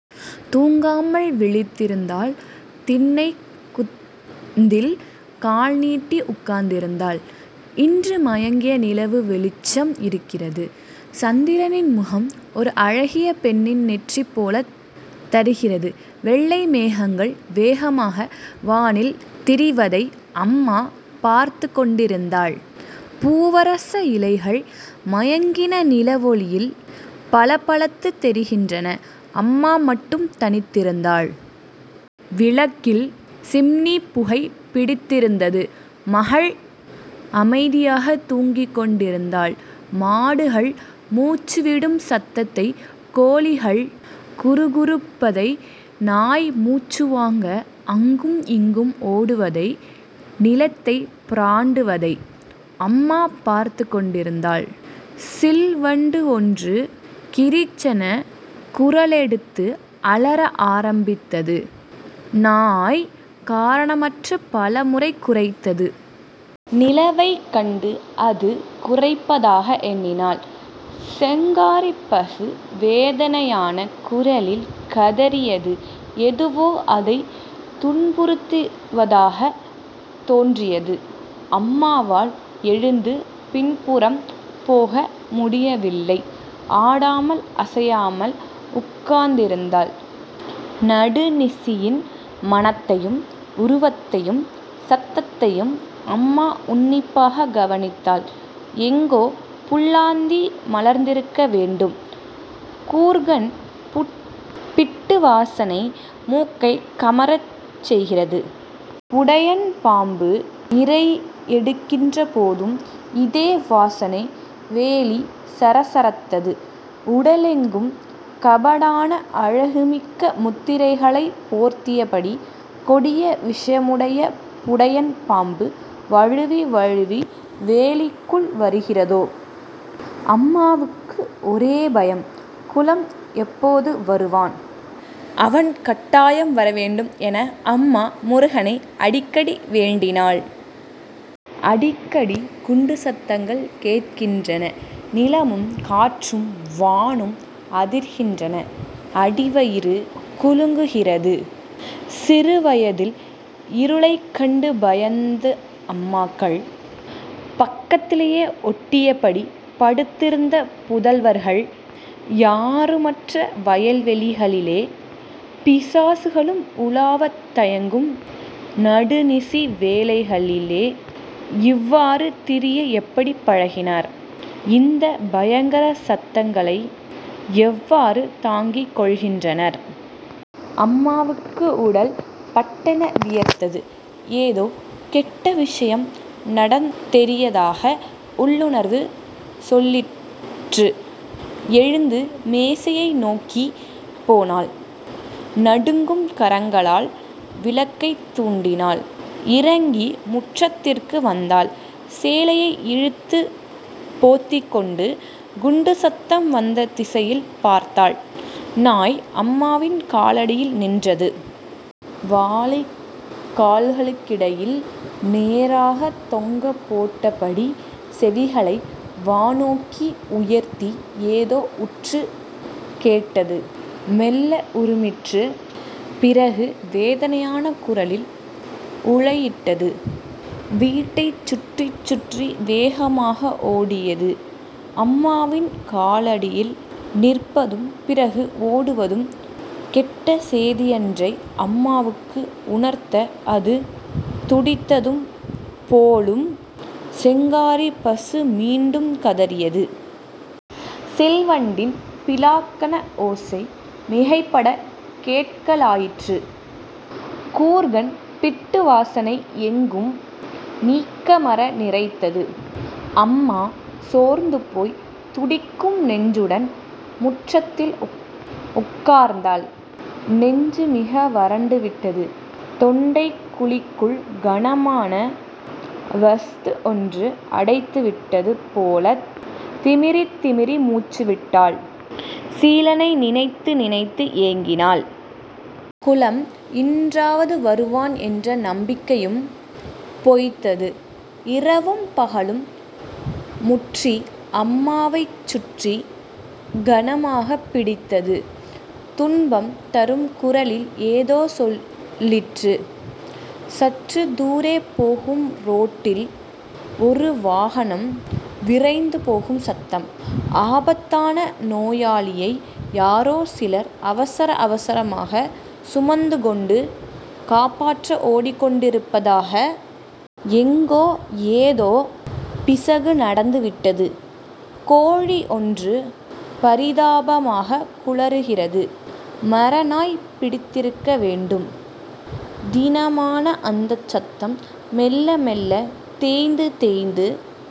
தூங்காமல் விழித்திருந்தாள். திண்ணைக் குந்தில் கால் நீட்டி உட்கார்ந்திருந்தாள். இன்று மயங்கிய நிலவு வெளிச்சம் இருக்கிறது. சந்திரனின் முகம் ஒரு அழகிய பெண்ணின் நெற்றி போலத் தரிகிறது. வெள்ளை மேகங்கள் வேகமாக வானில் திரிவதை அம்மா பார்த்துக் கொண்டிருத்தாள். பூவரசயிலைகள் மயங்கின நிலவொளியில் பளபளத்துத் தெரிகின்றன. அம்மா மட்டும் தனித்திருந்தாள். விளக்கில் சிம்னி புகை பிடித்திருந்தது. மகள் அமைதியாகத் தூங்கிக் கொண்டிருந்தாள். மாடுகள் மூச்சு விடும் சத்தத்தை கோழிகள் குறுகுறுப்பதை நாய் மூச்சுவாங்க அங்கும் இங்கும் ஓடுவதை நிலத்தைப் பிராண்டுவதை. அம்மா பார்த்துக் கொண்டிருந்தாள். சிள்வண்டு ஒன்று கிரிச்சென குரலெடுத்து அலற ஆரம்பித்தது. நாய் காரணமற்றுப் பலமுறை குரைத்தது. நிலவைக் கண்டு அது குரைப்பதாக எண்ணினாள். செங்காரிப்பசு வேதனையான குரலில் கதறியது எதுவோ அதைத் துன்புறுத்துவதாகத் தோன்றியது. அம்மாவால் எழுந்து பின்புறம் போக முடியவில்லை. ஆடாமல் அசையாமல் உட்கார்ந்திருந்தாள். நடுநிசியின் மணத்தையும் உருவத்தையும் சத்தத்தையும் அம்மா உன்னிப்பாக கவனித்தாள். எங்கோ புல்லாந்தி மலர்ந்திருக்க வேண்டும். குர்க்கன் பிட்டு வாசனை மூக்கைக் கமறச் செய்கிறது. புடையன் பாம்பு இரையெடுக்கின்ற போதும் இதே வாசனை வேலி சரசரத்தது. உடலெங்கும் கபடான அழகுமிக்க முத்திரைகளைப் போர்த்தியபடி கொடிய விஷமுடைய புடையன் பாம்பு வழுவி வழுவி வேலிக்குள் வருகிறதோ? அம்மாவுக்கு ஒரே பயம் குலம் எப்போது வருவான்? அவன் கட்டாயம் வரவேண்டும் என அம்மா முருகனை அடிக்கடி வேண்டினாள். அடிக்கடி குண்டுச் சத்தங்கள் கேட்கின்றன. நிலமும் காற்றும் வானும் அதிர்கின்றன. அடிவயிறு குலுங்குகிறது. சிறுவயதில் இருளைக் கண்டு பயந்து அம்மாக்கள் பக்கத்திலேயே ஒட்டியபடி படுத்திருந்த புதல்வர்கள் யாருமற்ற வயல்வெளிகளிலே பிசாசுகளும் உலவத் தயங்கும் நடுநிசி வேளைகளிலே இவ்வாறு திரிய எப்படிப் பழகினார்? இந்தப் பயங்கர சத்தங்களை எவ்வாறு தாங்கிக் கொள்கின்றனர்? அம்மாவுக்கு உடல் பட்டென வியர்த்தது. ஏதோ கெட்ட விஷயம் நடந்தேறியதாக உள்ளுணர்வு சொல்லிற்று. எழுந்து மேசையை நோக்கிப் போனாள். நடுங்கும் கரங்களால் விளக்கைத் தூண்டினாள். இறங்கி முற்றத்திற்கு வந்தாள். சேலையை இழுத்துப் போத்திக்கொண்டு குண்டுச் சத்தம் வந்த திசையில் பார்த்தாள். நாய் அம்மாவின் காலடியில் நின்றது. வாலைக் கால்களுக்கிடையில் நேராகத்தொங்கப் போட்டபடி செவிகளை வானோக்கி உயர்த்தி ஏதோ உற்றுக் கேட்டது. மெல்ல உறுமிற்று. பிறகு வேதனையான குரலில் ஊளையிட்டது. வீட்டைச் சுற்றிச்சுற்றி வேகமாக ஓடியது. அம்மாவின் காலடியில் நிற்பதும்... பிறகு ஓடுவதும்... கெட்ட சேதியன்றை அம்மாவுக்கு உணர்த்த அது துடித்ததும் போலும்! செங்காரிப் பசு மீண்டும் கதறியது. சிள்வண்டின் பிலாக்கண ஓசை மிகைபடக் கேட்கலாயிற்று. குர்க்கன் பிட்டுவாசனை எங்கும் நீக்கமற நிறைந்தது. அம்மா சோர்ந்துபோய், துடிக்கும் நெஞ்சுடன் முற்றத்தில் உட்கார்ந்தாள். நெஞ்சு மிக வரண்டு விட்டது. தொண்டைக் குழிக்குள் கனமான வஸ்து ஒன்று அடைத்துவிட்டது போலத் திமிறித்திமிறி மூச்சுவிட்டாள். சீலனை நினைத்து நினைத்து ஏங்கினாள். குலம் இன்றாவது வருவான் என்ற நம்பிக்கையும் பொய்த்தது. இரவும் பகலும் முற்றி அம்மாவைச் சுற்றிக் கனமாகப் பிடித்தது, துன்பம் தரும் குரலில் ஏதோ சொல்லிற்று. சற்றுத் தூரே போகும் ரோட்டில் ஒரு வாகனம் விரைந்து போகும் சத்தம். ஆபத்தான நோயாளியை யாரோ சிலர் அவசர அவசரமாகச் சுமந்துகொணடு காப்பாற்ற ஓடிக் கொண்டிருப்பதாக.... எங்கோ ஏதோ பிசகு நடந்துவிட்டது. கோழிஒன்று பரிதாபமாகக் குழறுகிறது. மரநாய் பிடித்திருக்க வேண்டும். தீனமான அந்தச் சத்தம் மெல்ல மெல்லத் தேய்ந்து தேய்ந்து